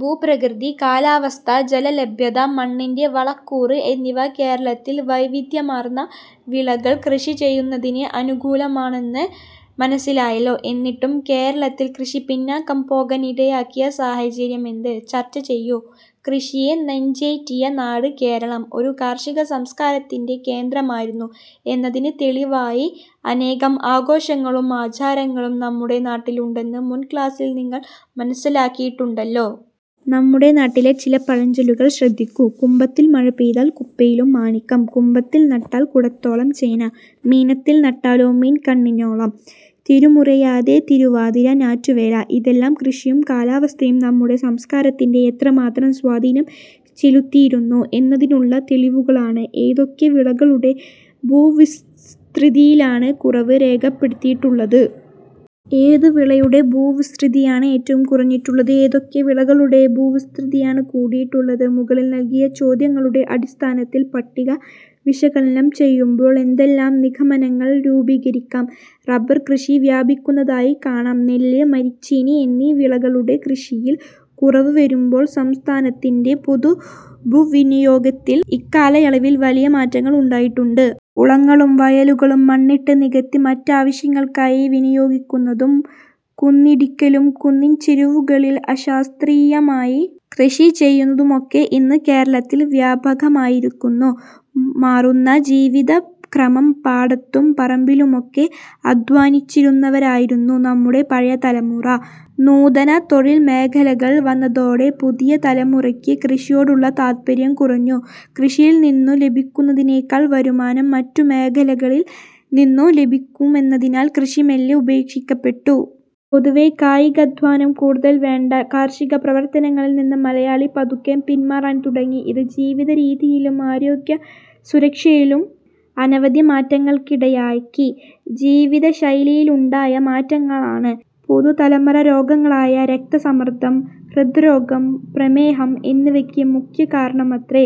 ഭൂപ്രകൃതി, കാലാവസ്ഥ, ജലലഭ്യത, മണ്ണിന്റെ വളക്കൂറ് എന്നിവ കേരളത്തിൽ വൈവിധ്യമാർന്ന വിളകൾ കൃഷി ചെയ്യുന്നതിന് അനുകൂലമാണെന്ന് മനസ്സിലായല്ലോ? എന്നിട്ടും കേരളത്തിൽ കൃഷി പിന്നാക്കം പോകാൻ ഇടയാക്കിയ സാഹചര്യം എന്ത്? ചർച്ച ചെയ്യൂ. കൃഷിയെ നെഞ്ചേറ്റിയ നാട് കേരളം ഒരു കാർഷികസംസ്കാരത്തിന്റെ കേന്ദ്രമായിരുന്നു എന്നതിന് തെളിവായി അനേകം ആഘോഷങ്ങളും ആചാരങ്ങളും നമ്മുടെ നാട്ടിലുണ്ടെന്ന് മുൻ ക്ലാസ്സിൽ നിങ്ങൾ മനസിലാക്കിയിട്ടുണ്ടല്ലോ. നമ്മുടെ നാട്ടിലെ ചില പഴഞ്ചൊല്ലുകൾ ശ്രദ്ധിക്കൂ. ""കുംഭത്തിൽ മഴ പെയ്താൽ കുപ്പയിലും മാണിക്യം', 'കുംഭത്തിൽ നട്ടാൽ കുടത്തോളം ചേന', ""മീനത്തിൽ നട്ടാലോ മീൻ കണ്ണിനോളം', 'തിരിമുറിയാതെ തിരുവാതിര ഞാറ്റുവേല... ' ഇതെല്ലാം കൃഷിയും കാലാവസ്ഥയും നമ്മുടെ സംസ്കാരത്തിൽ എത്രമാത്രം സ്വാധീനം ചെലുത്തിയിരുന്നു എന്നതിനുള്ള തെളിവുകളാണ്. ഏതൊക്കെ വിളകളുടെ ഭൂവിസ്തൃതിയിലാണ് കുറവ് രേഖപ്പെടുത്തിയിട്ടുള്ളത്? ഏതു വിളയുടെ ഭൂവിസ്തൃതിയാണ് ഏറ്റവും കുറഞ്ഞിട്ടുള്ളത്? ഏതൊക്കെ വിളകളുടെ ഭൂവിസ്തൃതിയാണ് കൂടിയിട്ടുള്ളത്? മുകളിൽ നൽകിയ ചോദ്യങ്ങളുടെ അടിസ്ഥാനത്തിൽ പട്ടിക വിശകലനം ചെയ്യുമ്പോൾ എന്തെല്ലാം നിഗമനങ്ങൾ രൂപീകരിക്കാം? റബർകൃഷി വ്യാപിക്കുന്നതായി കാണാം. നെല്ല്, മരച്ചീനി എന്നീ വിളകളുടെ കൃഷിയിൽ കുറവ് വരുമ്പോൾ സംസ്ഥാനത്തിന്റെ പൊതുഭൂവിനിയോഗത്തിലും ഇക്കാലയളവിൽ വലിയ മാറ്റങ്ങൾ ഉണ്ടായിട്ടുണ്ട്. കുളങ്ങളും വയലുകളും മണ്ണിട്ട് നികത്തി മറ്റാവശ്യങ്ങൾക്കായി വിനിയോഗിക്കുന്നതും കുന്നിടിക്കലും കുന്നിൻചരിവുകളിൽ അശാസ്ത്രീയമായി കൃഷി ചെയ്യുന്നതുമൊക്കെ ഇന്ന് കേരളത്തിൽ വ്യാപകമായിരിക്കുന്നു. മാറുന്ന ജീവിതക്രമം പാടത്തും പറമ്പിലുമൊക്കെ അദ്ധ്വാനിച്ചിരുന്നവരായിരുന്നു നമ്മുടെ പഴയ തലമുറ. നൂതന തൊഴിൽ മേഖലകൾ വന്നതോടെ പുതിയ തലമുറയ്ക്ക് കൃഷിയോടുള്ള താത്പര്യം കുറഞ്ഞു. കൃഷിയിൽ നിന്നു ലഭിക്കുന്നതിനേക്കാൾ വരുമാനം മറ്റു മേഖലകളിൽ നിന്നു ലഭിക്കുമെന്നതിനാൽ കൃഷി മെല്ലെ ഉപേക്ഷിക്കപ്പെട്ടു. പൊതുവെ കായികാധ്വാനം കൂടുതൽ വേണ്ട കാർഷിക പ്രവർത്തനങ്ങളിൽ നിന്ന് മലയാളി പതുക്കെ പിൻമാറാൻ തുടങ്ങി. ഇത് ജീവിതരീതിയിലും ആരോഗ്യസുരക്ഷയിലും അനവധി മാറ്റങ്ങൾക്കിടയാക്കി. ജീവിതശൈലിയിലുണ്ടായ മാറ്റങ്ങളാണ് പുതുതലമുറരോഗങ്ങളായ രക്തസമ്മർദ്ദം, ഹൃദ്രോഗം, പ്രമേഹം എന്നിവയ്ക്ക് മുഖ്യ കാരണമത്രേ.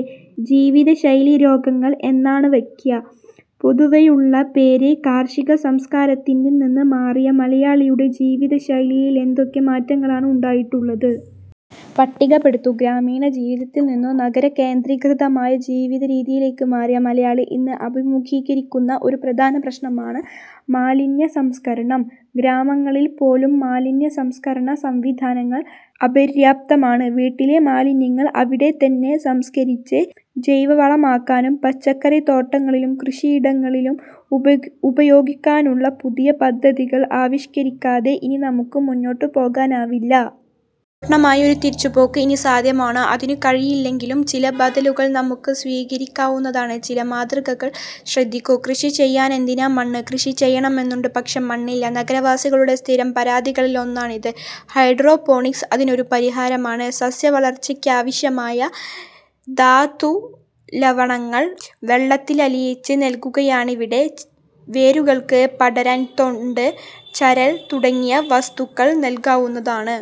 ജീവിതശൈലീ രോഗങ്ങൾ എന്നാണിവയ്ക്ക് പൊതുവെയുള്ള പേര്. കാർഷികസംസ്കാരത്തിൽ നിന്ന് മാറിയ മലയാളിയുടെ ജീവിത ശൈലിയിൽ എന്തൊക്കെ മാറ്റങ്ങളാണ് ഉണ്ടായിട്ടുള്ളത്? പട്ടികപ്പെടുത്തു. ഗ്രാമീണ ജീവിതത്തിൽ നിന്നു നഗരകേന്ദ്രീകൃതമായ ജീവിതരീതിയിലേക്ക് മാറിയ മലയാളി ഇന്ന് അഭിമുഖീകരിക്കുന്ന ഒരു പ്രധാന പ്രശ്നമാണ് മാലിന്യസംസ്കരണം. ഗ്രാമങ്ങളിൽ പോലും മാലിന്യ സംസ്കരണസംവിധാനങ്ങൾ അപര്യാപ്തമാണ്. വീട്ടിലെ മാലിന്യങ്ങൾ അവിടെത്തന്നെ സംസ്കരിച്ച് ജൈവവളമാക്കാനും പച്ചക്കറിത്തോട്ടങ്ങളിലും കൃഷിയിടങ്ങളിലും ഉപയോഗിക്കാനുമുള്ള പുതിയ പദ്ധതികൾ ആവിഷ്ക്കരിക്കാതെ ഇനി നമുക്ക് മുന്നോട്ടു പോകാനാവില്ല. പൂർണമായും ഒരു തിരിച്ചുപോക്ക് ഇനി സാധ്യമാണോ? അതിനുകഴിയില്ലെങ്കിലും ചില ബദലുകൾ നമുക്ക് സ്വീകരിക്കാവുന്നതാണ്. ചില മാതൃകകൾ ശ്രദ്ധിക്കൂ. കൃഷി ചെയ്യാനെന്തിനാ മണ്ണ് കൃഷി ചെയ്യണമെന്നുണ്ട്, പക്ഷേ മണ്ണില്ല. നഗരവാസികളുടെ സ്ഥിരം പരാതികളിലൊന്നാണിത്. ഹൈഡ്രോ പോണിക്സ് അതിനൊരു പരിഹാരമാണ്. സസ്യവളർച്ചയ്ക്കാവശ്യമായ ധാതുലവണങ്ങൾ വെള്ളത്തിലലിയിച്ച് നൽകുകയാണിവിടെ. വേരുകൾക്ക് പടരാൻ തൊണ്ട്, ചരൽ തുടങ്ങിയ വസ്തു ക്കൾ നൽകാവുന്നതാണ്.